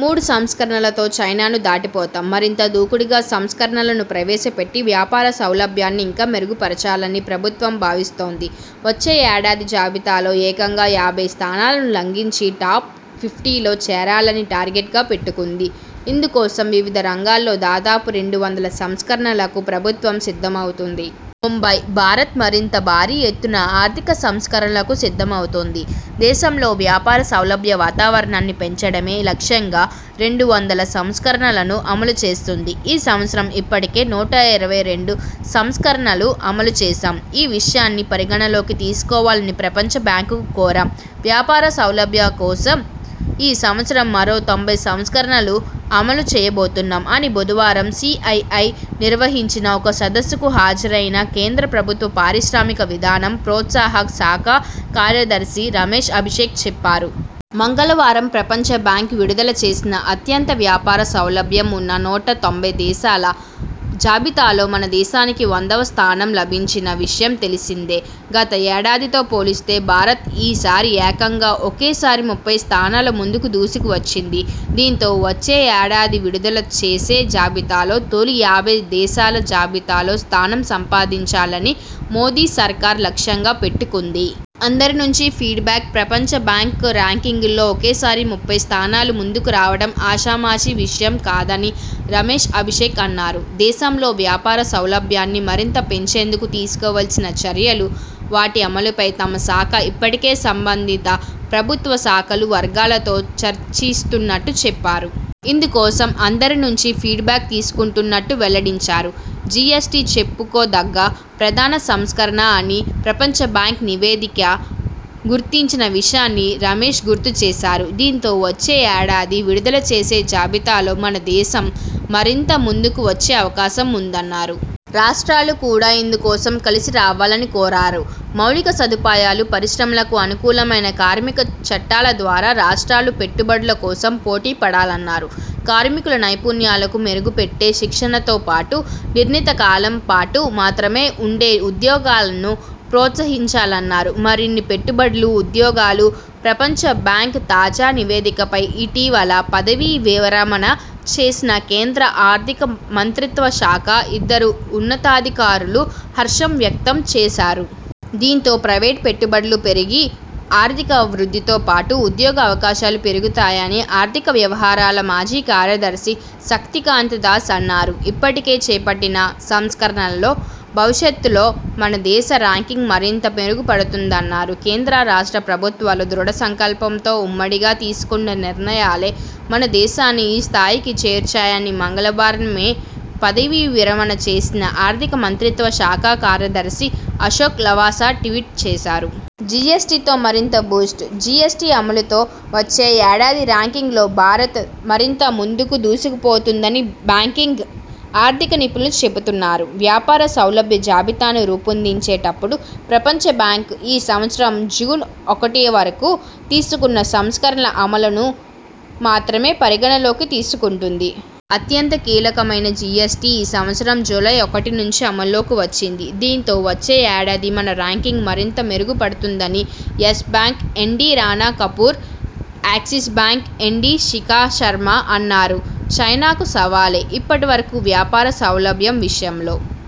మూడు సంస్కరణలతో చైనాను దాటిపోతాం.. మరింత దూకుడుగా సంస్కరణలను ప్రవేశపెట్టి వ్యాపార సౌలభ్యాన్ని ఇంకా మెరుగుపరచాలని ప్రభుత్వం భావిస్తోంది. వచ్చే ఏడాది జాబితాలో ఏకంగా యాభై స్థానాలను లంఘించి టాప్ ఫిఫ్టీ లో చేరాలని టార్గెట్గా పెట్టుకుంది. ఇందుకోసం వివిధ రంగాల్లో దాదాపు రెండు వందల సంస్కరణలకు ప్రభుత్వం సిద్ధమవుతోంది. ముంబై: భారత్ మరింత భారీ ఎత్తున ఆర్థిక సంస్కరణలకు సిద్ధమవుతోంది. దేశంలో వ్యాపార సౌలభ్య వాతావరణాన్ని పెంచడమే లక్ష్యంగా రెండు వందల సంస్కరణలను అమలు చేస్తోంది. ''ఈ సంవత్సరం ఇప్పటికే నూట ఇరవై రెండు సంస్కరణలు అమలు చేశాం. ఈ విషయాన్ని పరిగణనలోకి తీసుకోవాలని ప్రపంచ బ్యాంకును కోరాం. వ్యాపార సౌలభ్యం కోసం ఈ సంవత్సరం మరో తొంభై సంస్కరణలు అమలు చేయబోతున్నాం'' అని బుధవారం సిఐఐ నిర్వహించిన ఒక సదస్సుకు హాజరైన కేంద్ర ప్రభుత్వ పారిశ్రామిక విధానం, ప్రోత్సాహక శాఖ కార్యదర్శి రమేశ్ అభిషేక్ చెప్పారు. మంగళవారం ప్రపంచ బ్యాంక్ విడుదల చేసిన అత్యంత వ్యాపార సౌలభ్యం ఉన్న నూట తొంభై దేశాల జాబితాలో మన దేశానికి వందవ స్థానం లభించిన విషయం తెలిసిందే. గత ఏడాతో పోలిస్తే భారత్ ఈసారి ఏకంగా ఒకేసారి ముప్పై స్థానాలు ముందుకు దూసుకు వచ్చింది. దీంతో వచ్చే ఏడాది విడుదల చేసే జాబితాలో తొలి యాభై దేశాల జాబితాలో స్థానం సంపాదించాలని మోదీ సర్కార్ లక్ష్యంగా పెట్టుకుంది. అందరి నుంచి ఫీడ్ బ్యాక్ ప్రపంచ బ్యాంక్ ర్యాంకింగ్లో ఒకేసారి ముప్పై స్థానాలు ముందుకురావడం ఆషామాషి విషయం కాదని రమేశ్ అభిషేక్ అన్నారు. దేశంలో వ్యాపార సౌలభ్యాన్ని మరింత పెంచేందుకు తీసుకోవాల్సిన చర్యలు, వాటి అమలుపై తమ శాఖ ఇప్పటికే సంబంధిత ప్రభుత్వ శాఖలు, వర్గాలతో చర్చిస్తున్నట్టు చెప్పారు. ఇందుకోసం అందరి నుంచి ఫీడ్ బ్యాక్ తీసుకుంటున్నట్టు వెల్లడించారు. జిఎ్సటి చెప్పుకోదగ్గ ప్రధాన సంస్కరణ అని ప్రపంచ బ్యాంక్ నివేదిక గుర్తించిన విషయాన్ని రమేశ్ గుర్తు చేశారు. దీంతో వచ్చే ఏడాది విడుదల చేసే జాబితాలో మన దేశం మరింత ముందుకు వచ్చే అవకాశం ఉందన్నారు. రాష్ట్రాలు కూడా ఇందుకోసం కలిసి రావాలని కోరారు. మౌలిక సదుపాయాలు, పరిశ్రమలకు అనుకూలమైన కార్మిక చట్టాల ద్వారా రాష్ట్రాలు పెట్టుబడుల కోసం పోటీపడాలన్నారు. కార్మికుల నైపుణ్యాలకు మెరుగుపెట్టే శిక్షణతోపాటు నిర్ణీత కాలం పాటు మాత్రమే ఉండే ఉద్యోగాలనూ ప్రోత్సహించాలన్నారు. మరిన్ని పెట్టుబడులు, ఉద్యోగాలు ప్రపంచ బ్యాంక్ తాజా నివేదికపై ఇటీవల పదవీ విరమణ చేసిన కేంద్ర ఆర్థిక మంత్రిత్వ శాఖ ఇద్దరు ఉన్నతాధికారులూ హర్షం వ్యక్తం చేశారు. దీంతో ప్రైవేట్ పెట్టుబడులు పెరిగి ఆర్థిక వృద్ధితోపాటు ఉద్యోగ అవకాశాలూ పెరుగుతాయని ఆర్థిక వ్యవహారాల మాజీ కార్యదర్శి శక్తికాంత దాస్ అన్నారు. ఇప్పటికే చేపట్టిన సంస్కరణలో భవిష్యత్లో మన దేశ ర్యాంకింగ్ మరింత మెరుగు పడుతుందన్నారు. కేంద్ర-రాష్ట్ర ప్రభుత్వాలు దృఢ సంకల్పంతో ఉమ్మడిగా తీసుకున్న నిర్ణయాలే మన దేశాన్ని ఈ స్థాయికి చేర్చాయని మంగళవారమే పదవీ విరమణ చేసిన ఆర్థిక మంత్రిత్వ శాఖ కార్యదర్శి అశోక్ లవాసా ట్వీట్ చేశారు. జిఎ్సటితో మరింత బూస్ట్ జిఎ్సటి అమలుతో వచ్చే ఏడాది ర్యాంకింగ్లో భారత్ మరింత ముందుకు దూసుకుపోతుందని బ్యాంకింగ్, ఆర్థిక నిపుణులు చెబుతున్నారు. వ్యాపార సౌలభ్య జాబితాను రూపొందించేటపుడు ప్రపంచ బ్యాంక్ ఈ సంవ్సరం జూన్ ఒకటి వరకు తీసుకున్న సంస్కరణల అమలును మాత్రమే పరిగణనలోకి తీసుకుంది. అత్యంత కీలకమైన జిఎ్సటి ఈ సంవత్సరం జూలై ఒకటి నుంచి అమల్లోకి వచ్చింది. దీంతో వచ్చే ఏడాది మన ర్యాంకింగ్ మరింత మెరుగు పడుతుందని Yes Bank MD Rana Kapoor, Axis Bank MD Shikha Sharma అన్నారు. చైనాకూ సవాలే.. ఇప్పటి వరకు వ్యాపార సౌలభ్యం విషయంలో